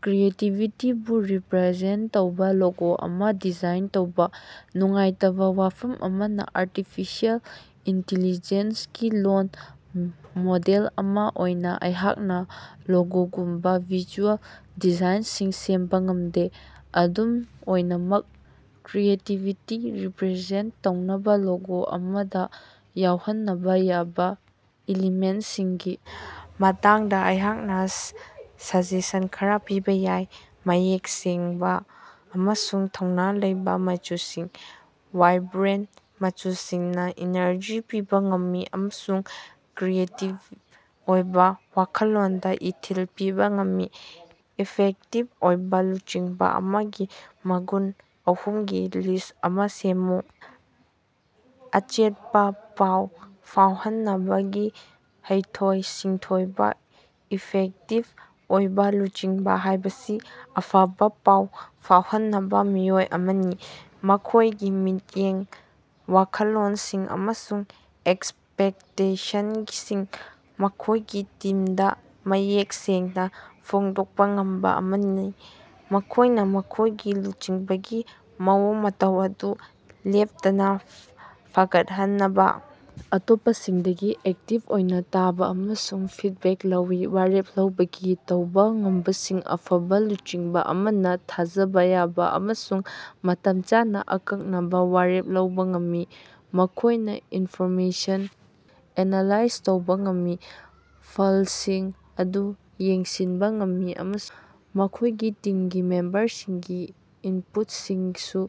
ꯀ꯭ꯔꯤꯌꯦꯇꯤꯕꯤꯇꯤꯕꯨ represent ꯇꯧꯕ logo ꯑꯃ design ꯇꯧꯕ꯫ ꯅꯨꯡꯉꯥꯏꯇꯕꯥ ꯋꯥꯐꯝ ꯑꯃꯅ ꯑꯔꯇꯤꯐꯤꯁꯦꯜ ꯏꯟꯇꯤꯂꯤꯖꯦꯟꯁ ꯒꯤ ꯂꯣꯜ ꯃꯣꯗꯦꯜ ꯑꯃ ꯑꯣꯏꯅ ꯑꯩꯍꯥꯛꯅ ꯂꯣꯒꯣꯒꯨꯝꯕꯥ ꯚꯤꯖꯨꯑꯦꯜ ꯗꯤꯖꯥꯏꯟꯁꯤꯡ ꯁꯦꯝꯕ ꯉꯝꯗꯦ꯫ ꯑꯗꯨꯝ ꯑꯣꯏꯅꯃꯛ, ꯀ꯭ꯔꯤꯌꯦꯇꯤꯕꯤꯇꯤ ꯔꯤꯄꯔꯖꯦꯟꯇ ꯇꯧꯅꯕ ꯂꯣꯒꯣ ꯑꯃꯗ ꯌꯥꯎꯍꯟꯅꯕ ꯌꯥꯕ ꯏꯂꯤꯃꯦꯟꯁꯤꯡꯒꯤ ꯃꯇꯥꯡꯗ ꯑꯩꯍꯥꯛꯅꯥ ꯁꯖꯦꯁꯟ ꯈꯔ ꯄꯤꯕ ꯌꯥꯏ: ꯃꯌꯦꯛ ꯁꯦꯡꯕꯥ ꯑꯃꯁꯨꯡ ꯊꯧꯅꯥ ꯂꯩꯕꯥ ꯃꯆꯨꯁꯤꯡ: ꯋꯥꯏꯕ꯭ꯔꯦꯟ ꯃꯆꯨꯁꯤꯡꯅꯥ ꯏꯅꯔꯖꯤ ꯄꯤꯕꯥ ꯉꯝꯃꯤ ꯑꯃꯁꯨꯡ ꯀ꯭ꯔꯤꯌꯦꯇꯤꯕ ꯑꯣꯏꯕ ꯋꯥꯈꯜꯂꯣꯟꯗ ꯏꯊꯤꯜ ꯄꯤꯕ ꯉꯝꯃꯤ꯫ ꯏꯐꯦꯛꯇꯤꯚ ꯑꯣꯏꯕ ꯂꯨꯆꯤꯡꯕ ꯑꯃꯒꯤ ꯃꯒꯨꯟ ꯑꯍꯨꯝꯒꯤ ꯂꯤꯁ ꯑꯃ ꯁꯦꯃꯃꯨ꯫ ꯑꯆꯦꯠꯄꯥ ꯄꯥꯎ ꯐꯥꯎꯍꯟꯅꯕꯒꯤ ꯍꯩꯊꯣꯏ-ꯁꯤꯡꯊꯣꯏꯕ: ꯏꯐꯦꯛꯇꯤꯕ ꯑꯣꯏꯕ ꯂꯨꯆꯤꯡꯕ ꯍꯥꯏꯕꯁꯤ ꯑꯐꯕ ꯄꯥꯎ ꯐꯥꯎꯍꯟꯅꯕ ꯃꯤꯑꯣꯏ ꯑꯃꯅꯤ, ꯃꯈꯣꯏꯒꯤ ꯃꯤꯠꯌꯦꯡ, ꯋꯥꯈꯜꯂꯣꯟꯁꯤꯡ ꯑꯃꯁꯨꯡ ꯑꯦꯛꯁꯄꯦꯛꯇꯦꯁꯟꯁꯤꯡ ꯃꯈꯣꯏꯒꯤ ꯇꯤꯝꯗ ꯃꯌꯦꯛ ꯁꯦꯡꯅ ꯐꯣꯡꯗꯣꯛꯄ ꯉꯝꯕ ꯑꯃꯅꯤ꯫ ꯃꯈꯣꯏꯅ ꯃꯈꯣꯏꯒꯤ ꯂꯨꯆꯤꯡꯕꯒꯤ ꯃꯑꯣꯡ ꯃꯇꯧ ꯑꯗꯨ ꯂꯦꯞꯇꯅꯥ ꯐꯒꯠꯍꯟꯅꯕꯥ ꯑꯇꯣꯞꯄꯁꯤꯡꯗꯒꯤ ꯑꯦꯛꯇꯤꯕ ꯑꯣꯏꯅ ꯇꯥꯕ ꯑꯃꯁꯨꯡ ꯐꯤꯠꯕꯦꯛ ꯂꯧꯏ꯫ ꯋꯥꯔꯦꯞ ꯂꯧꯕꯒꯤ ꯇꯧꯕ ꯉꯝꯕꯁꯤꯡ: ꯑꯐꯕ ꯂꯨꯆꯤꯡꯕ ꯑꯃꯅ ꯊꯥꯖꯕ ꯌꯥꯕ ꯑꯃꯁꯨꯡ ꯃꯇꯝ ꯆꯥꯅ ꯑꯀꯛꯅꯕ ꯋꯥꯔꯦꯞ ꯂꯧꯕ ꯉꯝꯃꯤ꯫ ꯃꯈꯣꯏꯅ ꯏꯟꯐꯣꯔꯃꯦꯁꯟ ꯑꯦꯅꯥꯂꯥꯏꯖ ꯇꯧꯕ ꯉꯝꯃꯤ, ꯐꯜꯁꯤꯡ ꯑꯗꯨ ꯌꯦꯡꯁꯤꯟꯕ ꯉꯝꯃꯤ ꯑꯃꯁꯨꯡ ꯃꯈꯣꯏꯒꯤ ꯇꯤꯝꯒꯤ ꯃꯦꯝꯕꯔꯁꯤꯡꯒꯤ ꯏꯟꯄꯨꯠꯁꯤꯡꯁꯨ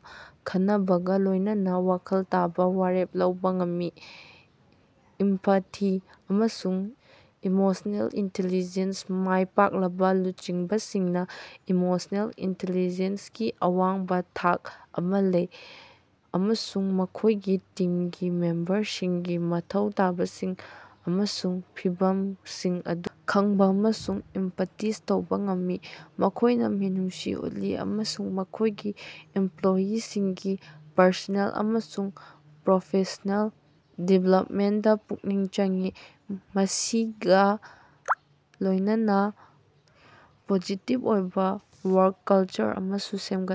ꯈꯟꯅꯕꯒꯥ ꯂꯣꯏꯅꯅ ꯋꯥꯈꯜ ꯇꯥꯕ ꯋꯥꯔꯦꯞ ꯂꯧꯕ ꯉꯝꯃꯤ꯫ ꯏꯝꯄꯥꯊꯤ ꯑꯃꯁꯨꯡ ꯏꯃꯣꯁꯅꯦꯜ ꯏꯟꯇꯦꯂꯤꯖꯦꯟꯁ: ꯃꯥꯏ ꯄꯥꯛꯂꯕ ꯂꯨꯆꯤꯡꯕꯁꯤꯡꯅ ꯏꯃꯣꯁꯅꯦꯜ ꯏꯟꯇꯦꯂꯤꯖꯦꯟꯁꯀꯤ ꯑꯋꯥꯡꯕ ꯊꯥꯛ ꯑꯃ ꯂꯩ ꯑꯃꯁꯨꯡ ꯃꯈꯣꯏꯒꯤ ꯇꯤꯝꯒꯤ ꯃꯦꯝꯕꯔꯁꯤꯡꯒꯤ ꯃꯊꯧ ꯇꯥꯕꯁꯤꯡ ꯑꯃꯁꯨꯡ ꯐꯤꯚꯝꯁꯤꯡ ꯑꯗꯨ ꯈꯪꯕꯥ ꯑꯃꯁꯨꯡ ꯏꯝꯄꯥꯇꯤꯖ ꯇꯧꯕ ꯉꯝꯃꯤ꯫ ꯃꯈꯣꯏꯅ ꯃꯤꯅꯨꯡꯁꯤ ꯎꯠꯂꯤ ꯑꯃꯁꯨꯡ ꯃꯈꯣꯏꯒꯤ ꯏꯝꯄꯂꯣꯌꯤꯁꯤꯡꯒꯤ ꯄꯔꯁꯣꯅꯦꯜ ꯑꯃꯁꯨꯡ ꯄ꯭ꯔꯣꯐꯦꯁ꯭ꯅꯦꯜ ꯗꯤꯕꯦꯂꯞꯃꯦꯟꯗꯥ ꯄꯨꯛꯅꯤꯡ ꯆꯪꯏ, ꯃꯁꯤꯒꯥ ꯂꯣꯏꯅꯅꯥ ꯄꯣꯖꯤꯇꯤꯕ ꯑꯣꯏꯕ ꯋꯥꯔꯛ ꯀꯜꯆꯔ ꯑꯃꯁꯨ ꯁꯦꯝꯒꯠꯂꯤ꯫